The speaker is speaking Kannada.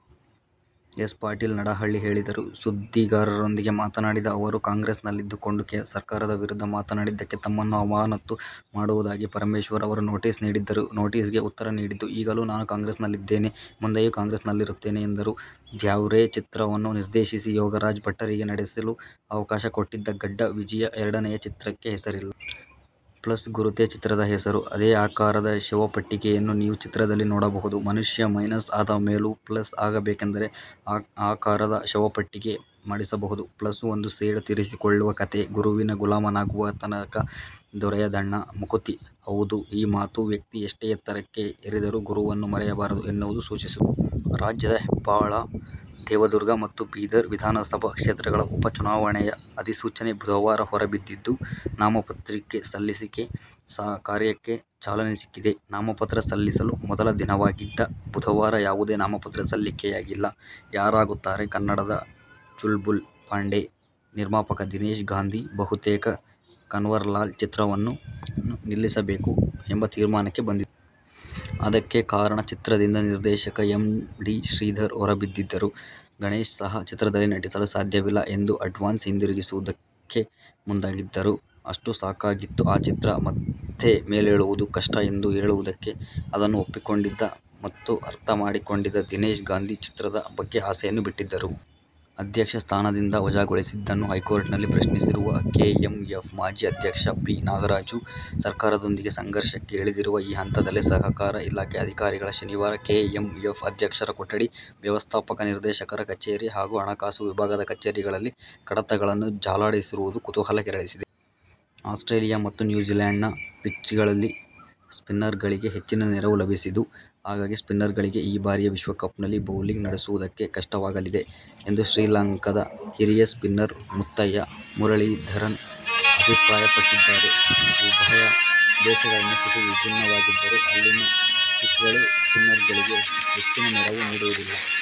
ಎಸ್. ಪಾಟೀಲ ನಡಹಳ್ಳಿ ಹೇಳಿದರು. ಸುದ್ದಿಗಾರರೊಂದಿಗೆ ಮಾತನಾಡಿದ ಅವರು, ಕಾಂಗ್ರೆಸ್ನಲ್ಲಿದ್ದುಕೊಂಡು ಸರ್ಕಾರದ ವಿರುದ್ಧ ಮಾತನಾಡಿದ್ದಕ್ಕೆ ತಮ್ಮನ್ನು ಅಮಾನತು ಮಾಡುವುದಾಗಿ ಪರಮೇಶ್ವರ್ ಅವರು ನೋಟಿಸ್ ನೀಡಿದ್ದರು. ನೋಟಿಸ್ಗೆ ಉತ್ತರ ನೀಡಿದ್ದು, ಈಗಲೂ ನಾನು ಕಾಂಗ್ರೆಸ್ನಲ್ಲಿದ್ದೇನೆ. ಮುಂದೆಯೂ ಕಾಂಗ್ರೆಸ್ನಲ್ಲಿರುತ್ತೇನೆ ಎಂದರು. ದ್ಯಾವ್ರೇ ಚಿತ್ರವನ್ನು ನಿರ್ದೇಶಿಸಿ ಯೋಗರಾಜ ಭಟ್ಟರಿಗೆ ನಟಿಸಲು ಅವಕಾಶ ಕೊಟ್ಟಿದ್ದ ಗಡ್ಡ ವಿಜಿಯ ಎರಡನೆಯ ಚಿತ್ರಕ್ಕೆ ಹೆಸರಿಲ್ಲ. ಪ್ಲಸ್ ಗುರುತೇ ಚಿತ್ರದ ಹೆಸರು. ಅದೇ ಆಕಾರದ ಶವ ಪೆಟ್ಟಿಗೆಯನ್ನು ನೀವು ಚಿತ್ರದಲ್ಲಿ ನೋಡಬಹುದು. ಮನುಷ್ಯ ಮೈನಸ್ ಆದ ಮೇಲೂ ಪ್ಲಸ್ ಆಗಬೇಕೆಂದರೆ ಆ ಆಕಾರದ ಶವಪೆಟ್ಟಿಗೆ ಮಾಡಿಸಬಹುದು! ಪ್ಲಸ್ ಒಂದು ಸೇಡು ತೀರಿಸಿಕೊಳ್ಳುವ ಕತೆ. ಗುರುವಿನ ಗುಲಾಮನಾಗುವ ತನಕ ದೊರೆಯದಣ್ಣ ಮುಕುತಿ. ಹೌದು ಈ ಮಾತು ವ್ಯಕ್ತಿ ಎಷ್ಟೇ ಎತ್ತರಕ್ಕೆ ಎರಿದರೂ ಗುರುವನ್ನು ಮರೆಯಬಾರದು ಎನ್ನುವುದನ್ನು ಸೂಚಿಸುತ್ತದೆ. ರಾಜ್ಯದ ಹೆಬ್ಟಾಳ, ದೇವದುರ್ಗ ಮತ್ತು ಬೀದರ್ ವಿಧಾನಸಭಾ ಕ್ಷೇತ್ರಗಳ ಉಪ ಚುನಾವಣೆಯ ಅಧಿಸೂಚನೆ ಬುಧವಾರ ಹೊರಬಿದ್ದಿದ್ದು, ನಾಮಪತ್ರಸಲ್ಲಿಕೆ ಕಾರ್ಯಕ್ಕೆ ಚಾಲನೆ ಸಿಕ್ಕಿದೆ. ನಾಮಪತ್ರ ಸಲ್ಲಿಸಲು ಮೊದಲ ದಿನವಾಗಿದ್ದ ಬುಧವಾರ ಯಾವುದೇ ನಾಮಪತ್ರ ಸಲ್ಲಿಕೆಯಾಗಿಲ್ಲ. ಯಾರಾಗುತ್ತಾರೆ ಕನ್ನಡದ ಚುಲ್ಬುಲ್ ಪಾಂಡೆ? ನಿರ್ಮಾಪಕ ದಿನೇಶ್ ಗಾಂಧಿ ಬಹುತೇಕ "ಕನ್ವರ್ಲಾಲ್' ಚಿತ್ರವನ್ನು ನಿಲ್ಲಿಸಬೇಕು ಎಂಬ ತೀರ್ಮಾನಕ್ಕೆ ಬಂದಿದ್ದರು. ಅದಕ್ಕೆ ಕಾರಣ ಚಿತ್ರದಿಂದ ನಿರ್ದೇಶಕ ಎಂ. ಡಿ. ಶ್ರೀಧರ್ ಹೊರಬಿದ್ದಿದ್ದರು. ಗಣೇಶ್ ಸಹ ಚಿತ್ರದಲ್ಲಿ ನಟಿಸಲು ಸಾಧ್ಯವಿಲ್ಲ ಎಂದು ಅಡ್ವಾನ್ಸ್ ಹಿಂದಿರಿಗಿಸುವುದಕ್ಕೆ ಮುಂದಾಗಿದ್ದರು. ಅಷ್ಟು ಸಾಕಾಗಿತ್ತು ಆ ಚಿತ್ರ ಮತ್ತೆ ಮೇಲೇಳುವುದು ಕಷ್ಟ ಎಂದು ಹೇಳುವುದಕ್ಕೆ. ಅದನ್ನು ಒಪ್ಪಿಕೊಂಡಿದ್ದ ಮತ್ತು ಅರ್ಥ ಮಾಡಿಕೊಂಡಿದ್ದ ದಿನೇಶ್ ಗಾಂಧಿ ಚಿತ್ರದ ಬಗ್ಗೆ ಆಸೆಯನ್ನು ಬಿಟ್ಟಿದ್ದರು. ಅಧ್ಯಕ್ಷ ಸ್ಥಾನದಿಂದ ವಜಾಗೊಳಿಸಿದ್ದನ್ನು ಹೈಕೋರ್ಟ್ನಲ್ಲಿ ಪ್ರಶ್ನಿಸಿರುವ ಕೆಎಂಎಫ್ ಮಾಜಿ ಅಧ್ಯಕ್ಷ ಪಿ. ನಾಗರಾಜು ಸರ್ಕಾರದೊಂದಿಗೆ ಸಂಘರ್ಷಕ್ಕೆ ಇಳಿದಿರುವ ಈ ಹಂತದಲ್ಲೇ ಸಹಕಾರ ಇಲಾಖೆ ಅಧಿಕಾರಿಗಳು ಶನಿವಾರ ಕೆಎಂಎಫ್ ಅಧ್ಯಕ್ಷರ ಕೊಠಡಿ, ವ್ಯವಸ್ಥಾಪಕ ನಿರ್ದೇಶಕರ ಕಚೇರಿ ಹಾಗೂ ಹಣಕಾಸು ವಿಭಾಗದ ಕಚೇರಿಗಳಲ್ಲಿ ಕಡತಗಳನ್ನು ಜಾಲಾಡಿರುವುದು ಕುತೂಹಲ ಕೆರಳಿಸಿದೆ. ಆಸ್ಟ್ರೇಲಿಯ ಮತ್ತು ನ್ಯೂಜಿಲ್ಯಾಂಡ್ನ ಪಿಚ್ಗಳಲ್ಲಿ ಸ್ಪಿನ್ನರ್ಗಳಿಗೆ ಹೆಚ್ಚಿನ ನೆರವು ಲಭಿಸದು. ಹಾಗಾಗಿ ಸ್ಪಿನ್ನರ್ಗಳಿಗೆ ಈ ಬಾರಿಯ ವಿಶ್ವಕಪ್ನಲ್ಲಿ ಬೌಲಿಂಗ್ ನಡೆಸುವುದಕ್ಕೆ ಕಷ್ಟವಾಗಲಿದೆ ಎಂದು ಶ್ರೀಲಂಕಾದ ಹಿರಿಯ ಸ್ಪಿನ್ನರ್ ಮುತ್ತಯ್ಯ ಮುರಳೀಧರನ್ ಅಭಿಪ್ರಾಯಪಟ್ಟಿದ್ದಾರೆ. ಉಭಯ ದೇಶಗಳಲ್ಲಿನ ಸ್ಥಿತಿ ವಿಭಿನ್ನ ವಾಗಿದ್ದರೂ ಅಲ್ಲಿನ ಪಿಚ್ಗಳು ಸ್ಪಿನ್ನರ್ಗಳಿಗೆ ಹೆಚ್ಚಿನ ನೆರವು ನೀಡುವುದಿಲ್ಲ.